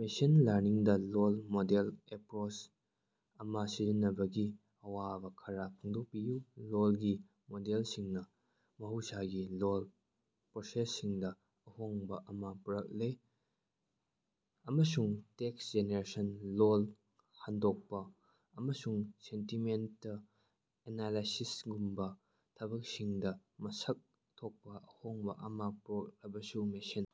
Machine ꯂꯔꯅꯤꯡꯗꯥ ꯂꯣꯜ model approach ꯑꯃꯥ ꯁꯤꯖꯤꯟꯅꯕꯒꯤ ꯑꯋꯥꯕꯥ ꯈꯔꯥ ꯐꯣꯡꯗꯣꯛꯄꯤꯌꯨ꯫ ꯂꯣꯜꯒꯤ ꯃꯣꯗꯦꯜꯁꯤꯡꯅꯥ ꯃꯍꯧꯁꯥꯒꯤ ꯂꯣꯜ ꯄ꯭ꯔꯣꯁꯦꯁꯤꯡꯗꯥ ꯑꯍꯣꯡꯕꯥ ꯑꯃꯥ ꯄꯨꯔꯛꯂꯦ ꯑꯃꯁꯨꯡ ꯇꯦꯛꯁ ꯖꯦꯅꯦꯔꯦꯁꯟ, ꯂꯣꯜ ꯍꯟꯗꯣꯛꯄꯥ, ꯑꯃꯁꯨꯡ ꯁꯦꯟꯇꯤꯃꯦꯟꯇ ꯑꯦꯅꯥꯂꯥꯏꯁꯤꯁꯒꯨꯝꯕꯥ ꯊꯕꯛꯁꯤꯡꯗꯥ ꯃꯁꯛ ꯊꯣꯛꯄꯥ ꯑꯍꯣꯡꯕꯥ ꯑꯃꯥ ꯄꯨꯔꯛꯂꯕꯁꯨ, ꯃꯦꯁꯤꯟ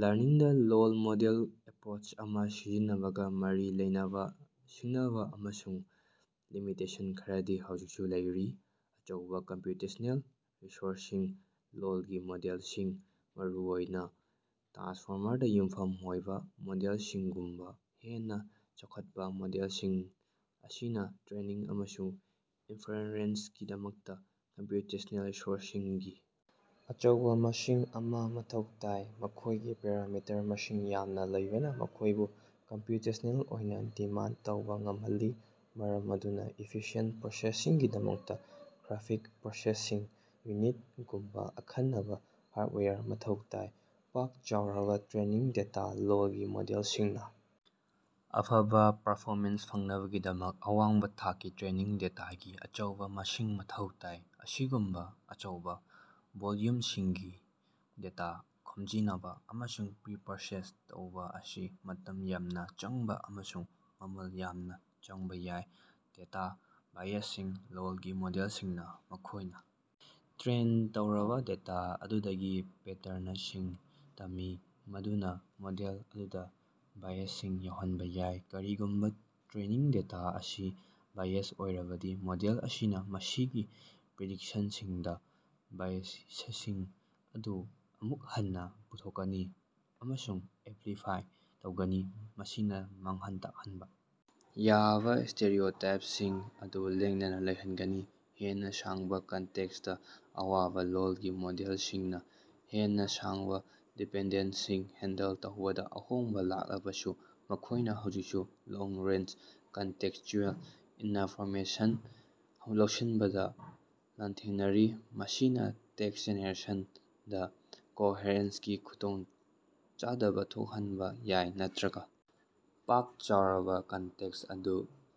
ꯂꯔꯅꯤꯡꯗꯥ ꯂꯣꯜ ꯃꯣꯗꯦꯜ ꯑꯦꯄ꯭ꯔꯣꯆ ꯑꯃꯥ ꯁꯤꯖꯤꯟꯅꯕꯒꯥ ꯃꯔꯤ ꯂꯩꯅꯕꯥ ꯁꯤꯡꯅꯕꯥ ꯑꯃꯁꯨꯡ ꯂꯤꯃꯤꯇꯦꯁꯟ ꯈꯔꯗꯤ ꯍꯧꯖꯤꯛꯁꯨ ꯂꯩꯔꯤ꯫ ꯑꯆꯧꯕꯥ ꯀꯝꯄ꯭ꯌꯨꯇꯦꯁ꯭ꯅꯦꯜ ꯔꯤꯁꯣꯔꯁꯁꯤꯡ: ꯂꯣꯜꯒꯤ ꯃꯣꯗꯦꯜꯁꯤꯡ, ꯃꯔꯨꯑꯣꯏꯅꯥ ꯇ꯭ꯔꯥꯟꯁꯐꯣꯔꯃꯔꯗꯥ ꯌꯨꯝꯐꯝ ꯑꯣꯏꯕꯥ ꯃꯣꯗꯦꯜꯁꯤꯡꯒꯨꯝꯕꯥ ꯍꯦꯟꯅꯥ ꯆꯥꯎꯈꯠꯄꯥ ꯃꯣꯗꯦꯜꯁꯤꯡ ꯑꯁꯤꯅꯥ ꯇ꯭ꯔꯦꯅꯤꯡ ꯑꯃꯁꯨꯡ ꯏꯟꯐ꯭ꯔꯦꯟ꯭ꯁꯀꯤꯗꯃꯛꯇꯥ ꯀꯝꯄ꯭ꯌꯨꯇꯦꯁ꯭ꯅꯦꯜ ꯔꯤꯁꯣꯔꯁꯁꯤꯡꯒꯤ ꯑꯆꯧꯕꯥ ꯃꯁꯤꯡ ꯑꯃꯥ ꯃꯊꯧ ꯇꯥꯏ꯫ ꯃꯈꯣꯏꯒꯤ ꯄꯦꯔꯥꯃꯤꯇꯔ ꯃꯁꯤꯡ ꯌꯥꯝꯅꯥ ꯂꯩꯕꯅꯥ ꯃꯈꯣꯏꯕꯨ ꯀꯝꯄꯌꯨꯇꯦꯁ꯭ꯅꯦꯜ ꯑꯣꯏꯅꯥ ꯗꯤꯃꯥꯟꯗ ꯇꯧꯕꯥ ꯉꯝꯍꯜꯂꯤ, ꯃꯔꯝ ꯑꯗꯨꯅꯥ ꯏꯐꯤꯁꯤꯌꯦꯟꯠ ꯄ꯭ꯔꯣꯁꯦꯁꯤꯡꯒꯤꯗꯃꯛꯇꯥ ꯈ꯭ꯔꯐꯤꯛ ꯄ꯭ꯔꯣꯁꯦꯁꯤꯡ ꯌꯨꯅꯤꯠ ꯒꯨꯝꯕꯥ ꯑꯈꯟꯅꯕꯥ ꯍꯥꯔꯗꯋꯦꯌꯔ ꯃꯊꯧ ꯇꯥꯏ꯫ ꯄꯥꯛ-ꯆꯥꯎꯔꯕꯥ ꯇ꯭ꯔꯦꯅꯤꯡ ꯗꯦꯇꯥ: ꯂꯣꯜꯒꯤ ꯃꯣꯗꯦꯜꯁꯤꯡꯅꯥ ꯑꯐꯕꯥ ꯄꯔꯐꯣꯃꯦꯟꯁ ꯐꯪꯅꯕꯒꯤꯗꯃꯛ ꯑꯋꯥꯡꯕꯥ ꯊꯥꯛꯀꯤ ꯇ꯭ꯔꯦꯅꯤꯡ ꯗꯦꯇꯥꯒꯤ ꯑꯆꯧꯕꯥ ꯃꯁꯤꯡ ꯃꯊꯧ ꯇꯥꯏ꯫ ꯑꯁꯤꯒꯨꯝꯕꯥ ꯑꯆꯧꯕꯥ ꯚꯣꯜꯌꯨꯝꯁꯤꯡꯒꯤ ꯗꯦꯇꯥ ꯈꯣꯝꯖꯤꯅꯕꯥ ꯑꯃꯁꯨꯡ ꯄ꯭ꯔꯤꯄ꯭ꯔꯣꯁꯦꯁ ꯇꯧꯕꯥ ꯑꯁꯤ ꯃꯇꯝ ꯌꯥꯝꯅꯥ ꯆꯪꯕꯥ ꯑꯃꯁꯨꯡ ꯃꯃꯜ ꯌꯥꯝꯅꯥ ꯆꯪꯕꯥ ꯌꯥꯏ꯫ ꯗꯦꯇꯥꯗꯥ ꯕꯥꯏꯑꯦꯖꯁꯤꯡ: ꯂꯣꯜꯒꯤ ꯃꯣꯗꯦꯜꯁꯤꯡꯅꯥ ꯃꯈꯣꯏꯅꯥ ꯇ꯭ꯔꯦꯟ ꯇꯧꯔꯕꯥ ꯗꯦꯇꯥ ꯑꯗꯨꯗꯒꯤ ꯄꯦꯇꯔꯅꯁꯤꯡ ꯇꯝꯃꯤ, ꯃꯗꯨꯅꯥ ꯃꯣꯗꯦꯜ ꯑꯗꯨꯗꯥ ꯕꯥꯏꯑꯦꯖꯁꯤꯡ ꯌꯥꯎꯍꯟꯕꯥ ꯌꯥꯏ꯫ ꯀꯔꯤꯒꯨꯝꯕꯥ ꯇ꯭ꯔꯦꯅꯤꯡ ꯗꯦꯇꯥ ꯑꯁꯤ ꯕꯥꯏꯑꯦꯖ ꯑꯣꯏꯔꯕꯗꯤ, ꯃꯣꯗꯦꯜ ꯑꯁꯤꯅꯥ ꯃꯁꯤꯒꯤ ꯄ꯭ꯔꯤꯗꯤꯛꯁꯟꯁꯤꯡꯗꯥ ꯕꯥꯏꯁꯁꯤꯡ ꯑꯗꯨ ꯑꯃꯨꯛ ꯍꯟꯅꯥ ꯄꯨꯊꯣꯛꯀꯅꯤ ꯑꯃꯁꯨꯡ ꯑꯦꯝꯄ꯭ꯂꯤꯐꯥꯏ ꯇꯧꯒꯅꯤ, ꯃꯁꯤꯅꯥ ꯃꯥꯡꯍꯟ ꯇꯥꯍꯟꯕꯥ ꯌꯥꯕꯥ ꯁ꯭ꯇꯦꯔꯤꯑꯣꯇꯥꯏꯞꯁꯤꯡ ꯑꯗꯨ ꯂꯦꯡꯗꯅꯥ ꯂꯩꯍꯟꯒꯅꯤ꯫ ꯍꯦꯟꯅꯥ ꯁꯥꯡꯕꯥ ꯀꯟꯇꯦꯛꯁꯇꯥ ꯑꯋꯥꯕꯥ: ꯂꯣꯜꯒꯤ ꯃꯣꯗꯦꯜꯁꯤꯡꯅꯥ ꯍꯦꯟꯅꯥ ꯁꯥꯡꯕꯥ ꯗꯤꯄꯦꯟꯗꯦꯟ꯭ꯁꯁꯤꯡ ꯍꯦꯟꯗꯜ ꯇꯧꯕꯗꯥ ꯑꯍꯣꯡꯕꯥ ꯂꯥꯛꯂꯕꯁꯨ, ꯃꯈꯣꯏꯅꯥ ꯍꯧꯖꯤꯛꯁꯨ ꯂꯣꯡ-ꯔꯦꯟꯖ ꯀꯟꯇꯦꯛ꯭ꯁꯆꯨꯑꯦꯜ ꯏꯅꯐꯣꯔꯃꯦꯁꯟ ꯂꯧꯁꯤꯟꯕꯗꯥ ꯂꯥꯟꯊꯦꯡꯅꯔꯤ꯫ ꯃꯁꯤꯅꯥ ꯇꯦꯛꯁ ꯖꯦꯅꯦꯔꯦꯁꯟꯗꯥ ꯀꯣꯍꯔꯦꯟꯁꯀꯤ ꯈꯗꯣꯡ ꯆꯥꯗꯕꯊꯣꯛꯍꯟꯕꯥ ꯌꯥꯏ ꯅꯠꯇ꯭ꯔꯒꯥ ꯄꯥꯛ-ꯆꯥꯎꯔꯕꯥ ꯀꯟꯇꯦꯛ꯭ꯁ ꯑꯗꯨ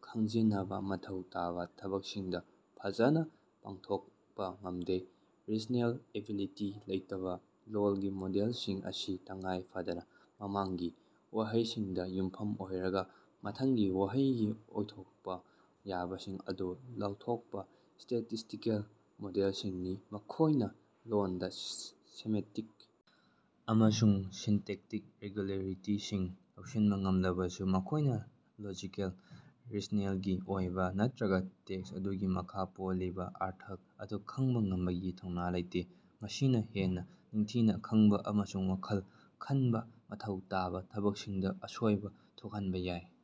ꯈꯪꯖꯤꯅꯕꯥ ꯃꯊꯧ ꯇꯥꯕꯥ ꯊꯕꯛꯁꯤꯡꯗꯥ ꯐꯖꯅꯥ ꯄꯥꯡꯊꯣꯛꯄꯥ ꯉꯝꯗꯦ꯫ ꯔꯤꯖꯅꯦꯜ ꯑꯦꯕꯤꯂꯤꯇꯤ ꯂꯩꯇꯕꯥ: ꯂꯣꯜꯒꯤ ꯃꯣꯗꯦꯜꯁꯤꯡ ꯑꯁꯤ ꯇꯉꯥꯏ ꯐꯗꯅꯥ ꯃꯃꯥꯡꯒꯤ ꯋꯥꯍꯩꯁꯤꯡꯗꯥ ꯌꯨꯝꯐꯝ ꯑꯣꯏꯔꯒꯥ ꯃꯊꯪꯒꯤ ꯋꯥꯍꯩꯒꯤ ꯑꯣꯏꯊꯣꯛꯄꯥ ꯌꯥꯕꯁꯤꯡ ꯑꯗꯨ ꯂꯥꯎꯊꯣꯛꯄꯥ ꯁ꯭ꯇꯦꯇꯤꯁꯇꯤꯀꯦꯜ ꯃꯣꯗꯦꯜꯁꯤꯡꯅꯤ꯫ ꯃꯈꯣꯏꯅꯥ ꯂꯣꯟꯗꯥ ꯁꯦꯃꯦꯟꯇꯤꯛ ꯑꯃꯁꯨꯡ ꯁꯤꯟꯇꯦꯛꯇꯤꯛ ꯔꯦꯒꯨꯂꯦꯔꯤꯇꯤꯁꯤꯡ ꯂꯧꯁꯤꯟꯕꯥ ꯉꯝꯂꯕꯁꯨ, ꯃꯈꯣꯏꯅꯥ ꯂꯣꯖꯤꯀꯦꯜ ꯔꯤꯖꯅꯦꯜꯒꯤ ꯑꯣꯏꯕꯥ ꯅꯠꯇ꯭ꯔꯒꯥ ꯇꯦꯛꯁ ꯑꯗꯨꯒꯤ ꯃꯈꯥ ꯄꯣꯜꯂꯤꯕꯥ ꯑꯔꯊ ꯑꯗꯨ ꯈꯪꯕꯥ ꯉꯝꯕꯒꯤ ꯊꯧꯅꯥ ꯂꯩꯇꯦ꯫ ꯃꯁꯤꯅꯥ ꯍꯦꯟꯅꯥ ꯅꯤꯡꯊꯤꯅꯥ ꯈꯪꯕꯥ ꯑꯃꯁꯨꯡ ꯋꯥꯈꯜ ꯈꯟꯕꯥ ꯃꯊꯧ ꯇꯥꯕꯥ ꯊꯕꯛꯁꯤꯡꯗꯥ ꯑꯁꯣꯏꯕꯥ ꯊꯣꯛꯍꯟꯕꯥ ꯌꯥꯏ꯫